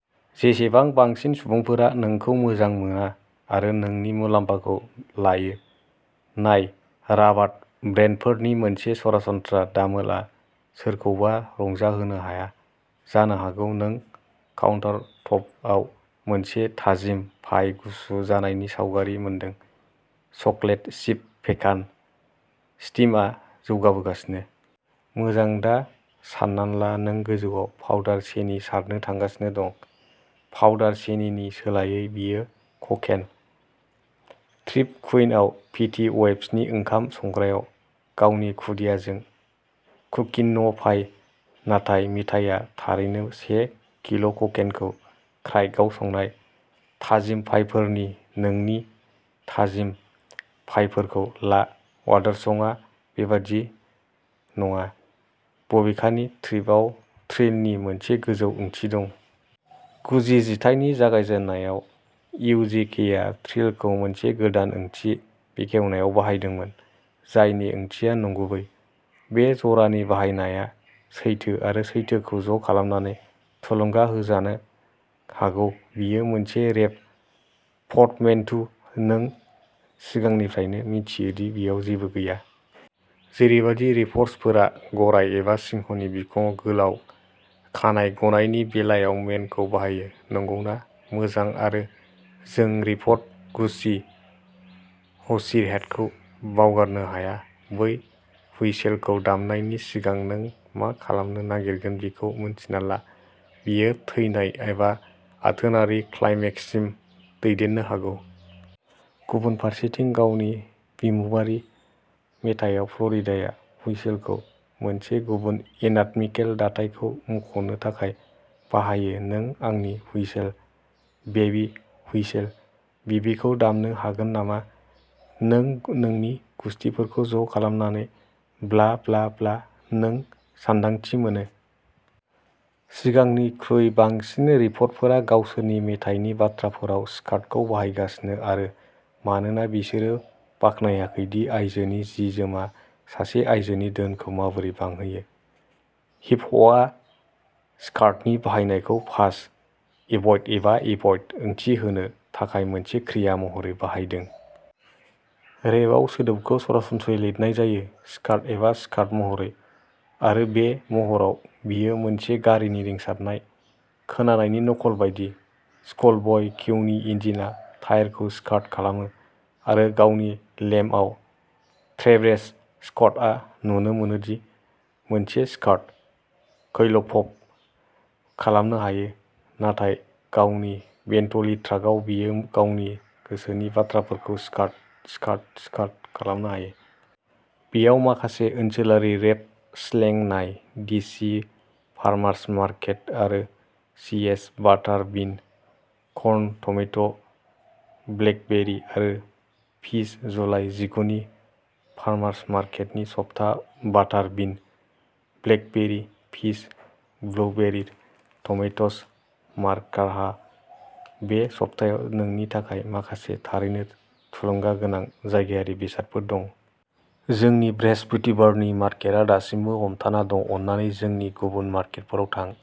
जेसेबां बांसिन सुबुंफोरा नोंखौ मोजां मोना आरो नोंनि मुलाम्फाखौ लायो। नाय राबार बेन्डफोरनि मोनसे सरासनस्रा दामोलआ सोरखौबा रंजाहोनो हाया। जानो हागौ नों काउन्टारटपआव मोनसे थाजिम पाइ गुसु जानायनि सावगारि मोनदों। Chocolate chip pecan. स्टीमआ जौगाबोगासिनो। मोजां दा सानना ला नों गोजौआव पाउडार सिनि सारनो थांगासिनो दं। पाउडार सिनिनि सोलायै बेयो क'केन। ट्रेप कुइनआव फेटी वेप्सनि ओंखाम संग्रायाव गावनि खुदियाजों कुकिन'पाइ नाथाय मिथाइया थारैनो से किल'क'केनखौ क्र्याकआव संनाय। थाजिम पाइफोर नोंनि थाजिम पाइफोरखौ ला बार्डसंआ बेबादि नङा बबेखानि ट्रिपआव ट्रिलनि मोनसे गोजौ ओंथि दं। गुजि जिथाइनि जागायजेन्नायाव इउजिकेआ ट्रिलखौ मोनसे गोदान ओंथि बेखेवनायाव बाहायदोंमोन जायनि ओंथिया नंगुबै। बे जरानि बाहायनाया सैथो आरो सैथोखौ ज' खालामनानै थुलुंगा होजानो हागौ बेयो मोनसे रेप पर्टमेनट्यु नों सिगांनिफ्रायनो मिथियोदि बेयाव जेबो गैया। जेरैबादि रेपर्सफोरा गराय एबा सिंहनि बिखुङाव गोलाव खानाइ गनायनि बेलायाव मेनखौ बाहायो। नंगौना? मोजां आरो जों रेपर गुच्चि हर्सिहेडखौ बावगारनो हाया बै हुइसेलखौ दामनायनि सिगां नों मा खालामनो नागिरगोन बेखौ मिन्थिना ला। बेयो थैनाय एबा आथोनारि क्लाइमेक्ससिम दैदेननो हागौ। गुबुन फारसेथिं गावनि बिमुपङारि मेथाइयाव फ्ल'रिडाया हुइसेलखौ मोनसे गुबुन एनाटमिकेल दाथायखौ मुंख'नो थाखाय बाहायो नों आंनि हुइसेल, बेबी, हुइसेल, बेबीखौ दामनो हागोन नामा?नों नोंनि गुसथिफोरखौ ज' खालामनानै ब्ला ब्ला ब्ला नों सानदांथि मोनो। सिगांनिख्रुइ बांसिन रेपर्सफोरा गावसोरनि मेथाइनि बाथ्राफोराव स्कार्टखौ बाहायगासिनो आरो मानोना बिसोरो बाखनायाखैदि आयजोनि जि-जोमआ सासे आयजोनि धोनखौ माबोरै बांहोयो। हिप हपआ स्कार्टनि बाहायनायखौ पास, एभ'इड, एबा एभ'इड ओंथि होनो थाखाय मोनसे क्रिया महरै बाहायदों। रेपआव सोदोबखौ सरासनस्रायै लिरनाय जायो। स्कार्ट एबा स्कार्ट महरै आरो बे महराव बेयो मोनसे गारिनि रिंसारनाय खोनानायनि नकल बायदि। स्कुलब'य किउनि इन्जिनआ टायारखौ स्कार्ट खालामो आरो गावनि लेम्ब आव ट्रेभिस स्क'टआ नुनो मोनोदि मोनसे स्कार्ट खौल'पप खालामनो हायो नाथाय गावनि बेन्टली ट्राकआव बियो गावनि गोसोनि बाथ्राफोरखौ स्कार्ट, स्कार्ट, स्कार्ट खालामनो हायो। बेयाव माखासे ओनसोलारि रेप स्लें नाय डिसि फार्मार्स मार्केट आरो सिएसए-बाटार बिन, कर्न, टमेट', ब्लेकबेरी आरो पीच जुलाइ जिगुनि फार्मार्स मार्केटनि सप्ता-बाटार bean, blackberry, peas, blueberry, tomatoes मार्कहा बे सप्तायाव नोंनि थाखाय माखासे थारैनो थुलुंगा गोनां जायगायारि बेसादफोर दं। जोंनि बृहस्पतिबारनि मार्केटआ दासिमबो हमथाना दं अन्नानै जोंनि गुबुन मार्केटफोराव थां।